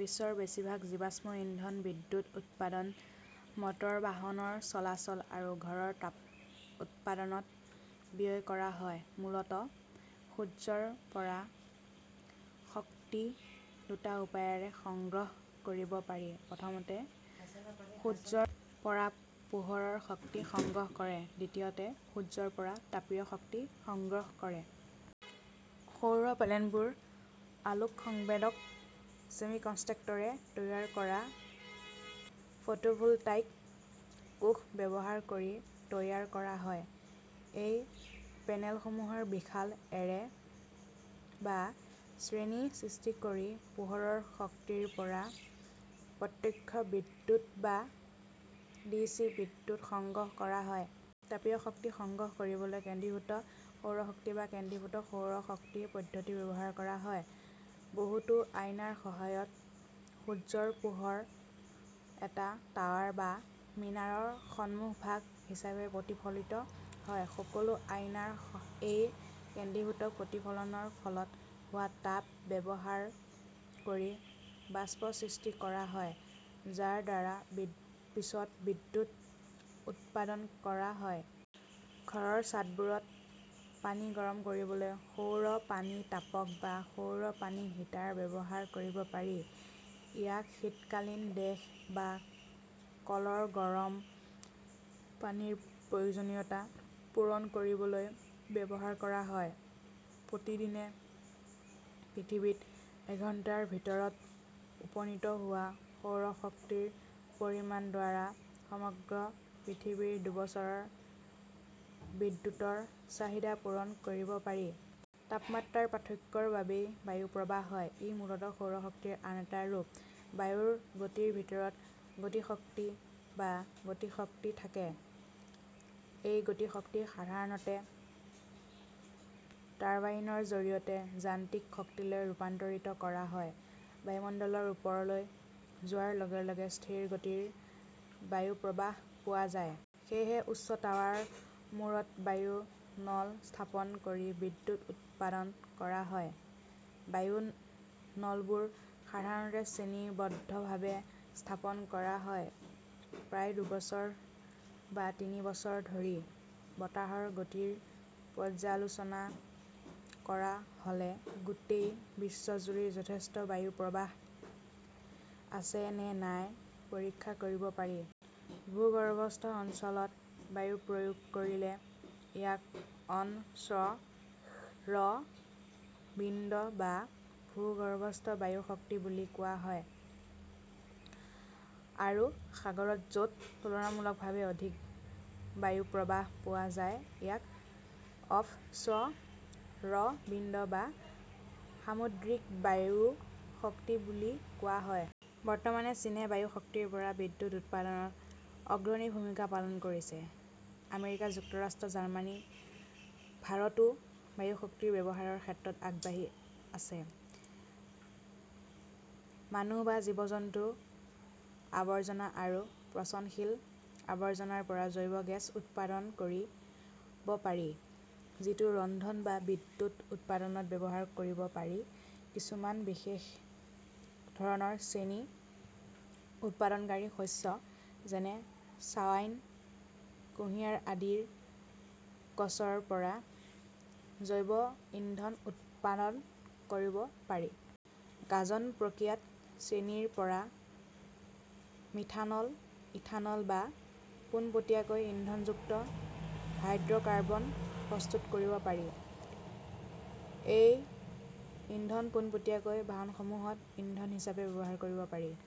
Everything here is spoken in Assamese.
বিশ্বৰ বেছিভাগ জীৱাশ্ম ইন্ধন বিদ্যুৎ উৎপাদন, মটৰ বাহনৰ চলাচল আৰু ঘৰৰ তাপ উৎপাদনত ব্যয় কৰা হয়। মূলতঃ সূৰ্যৰ পৰা শক্তি দুটা উপায়েৰে সংগ্ৰহ কৰিব পাৰি। প্ৰথমতে, সূৰ্যৰ পৰা পোহৰৰ শক্তি সংগ্ৰহ কৰে, দ্বিতীয়তে, সূৰ্যৰ পৰা তাপীয় শক্তি সংগ্ৰহ কৰে। সৌৰ পেনেলবোৰ আলোক সংবেদক ছেমিকনট্ৰেক্টৰে তৈয়াৰ কৰা ফটোভোলটাইক কোষ ব্যৱহাৰ কৰি তৈয়াৰ কৰা হয়। এই পেনেলসমূহৰ বিশাল এৰে বা শ্ৰেণী সৃষ্টি কৰি পোহৰৰ শক্তিৰ পৰা প্ৰত্যক্ষ বিদ্যুৎ বা ডিচি বিদ্যুৎ সংগ্ৰহ কৰা হয়। তাপীয় শক্তি সংগ্ৰহ কৰিবলৈ কেন্দ্ৰীভূত সৌৰ শক্তি বা ''কেন্দ্ৰীভূত সৌৰ শক্তি পদ্ধতি "ব্যৱহাৰ কৰা হয়। বহুতো আইনাৰ সহায়ত সূৰ্যৰ পোহৰ এটা টাৱাৰ বা মিনাৰৰ সন্মুখভাগ হিচাপে প্ৰতিফলিত হয়। সকলো আইনাৰ এই কেন্দ্ৰীভূত প্ৰতিফলনৰ ফলত হোৱা তাপ ব্যৱহাৰ কৰি বাষ্প সৃষ্টি কৰা হয়, যাৰ পৰা পিছত বিদ্যুৎ উৎপাদন কৰা হয়। ঘৰৰ ছাদবোৰত পানী গৰম কৰিবলৈ সৌৰ-পানী-তাপক বা সৌৰ পানী হিটাৰ ব্যৱহাৰ কৰিব পাৰি। ইয়াক শীতকালীন দেশ বা কলৰ গৰম পানীৰ প্ৰয়োজনীয়তা পূৰণ কৰিবলৈ ব্যৱহাৰ কৰা হয়। প্ৰতিদিনে পৃথিৱীত এঘণ্টাৰ ভিতৰত উপনীত হোৱা সৌৰ শক্তিৰ পৰিমাণৰ দ্বাৰা সমগ্ৰ পৃথিৱীৰ দুবছৰৰ বিদ্যুৎৰ চাহিদা পূৰণ কৰিব পাৰি। তাপমাত্ৰাৰ পাৰ্থক্যৰ বাবেই বায়ু প্ৰবাহ হয়। ই মূলতঃ সৌৰ শক্তিৰ আন এটা ৰূপ। বায়ুৰ গতিৰ ভিতৰত গতিশক্তি বা গতিশক্তি থাকে। এই গতিশক্তি সাধাৰণতে টাৰ্বাইনৰ জৰিয়তে যান্ত্ৰিক শক্তিলৈ ৰূপান্তৰিত কৰা হয়। বায়ুমণ্ডলৰ ওপৰলৈ যোৱাৰ লগে লগে স্থিৰ গতিৰ বায়ু প্ৰবাহ পোৱা যায়। সেয়েহে উচ্চ টাৱাৰৰ মূৰত বায়ু নল স্থাপন কৰি বিদ্যুৎ উৎপাদন কৰা হয়। বায়ু নলবোৰ সাধাৰণতে শ্ৰেণীবদ্ধভাৱে স্থাপন কৰা হয়। প্ৰায় দুবছৰ বা তিনি বছৰ ধৰি বতাহৰ গতিৰ পৰ্যালোচনা কৰা হ'লে গোটেই বছৰজুৰি যথেষ্ট বায়ু প্ৰৱাহ আছে নে নাই পৰীক্ষা কৰিব পাৰি। ভূগৰ্ভস্থ অঞ্চলত বায়ু প্ৰয়োগ কৰিলে ইয়াক অন-শ্ব - ৰ-ৱিণ্ড বা ভূগৰ্ভস্থ বায়ু শক্তি বুলি কোৱা হয় আৰু সাগৰত, য'ত তুলনামূলকভাৱে অধিক বায়ু প্ৰৱাহ পোৱা যায়, ইয়াক অফ-শ্ব' ৰ-ৱিণ্ড বা সামুদ্ৰিক বায়ু শক্তি বুলি কোৱা হয়। বৰ্তমান চীনে বায়ু শক্তিৰ পৰা বিদ্যুৎ উৎপাদনত অগ্ৰণী ভূমিকা পালন কৰিছে। আমেৰিকা যুক্তৰাষ্ট্ৰ, জাৰ্মানী, ভাৰতো বায়ু শক্তি ব্যৱহাৰৰ ক্ষেত্ৰত আগবাঢ়ি আছে। মানুহ বা জীৱ-জন্তুৰ আৱৰ্জনা আৰু পচনশীল আৱৰ্জনাৰ পৰা জৈৱ গেছ উৎপাদন কৰিব পাৰি, যিটো ৰন্ধন বা বিদ্যুৎ উৎপাদনত ব্যৱহাৰ কৰিব পাৰি-কিছুমান বিশেষ ধৰণৰ চেনী উৎপাদনকাৰী শস্য; যেনেঃ ছাৱাইন, কুঁহিয়াৰ আদি গছৰ পৰা জৈৱ ইন্ধন উৎপাদন কৰিব পাৰি। গাঁজন প্ৰক্ৰিয়াত চেনিৰ পৰা মিথানল, ইথানল বা পোনপটীয়াকৈ ইন্ধনযুক্ত হাইড্ৰ কাৰ্বন প্ৰস্তুত কৰিব পাৰি। এই ইন্ধন পোনপটীয়াকৈ বাহনসমূহত ইন্ধন হিচাপে ব্যৱহাৰ কৰিব পাৰি।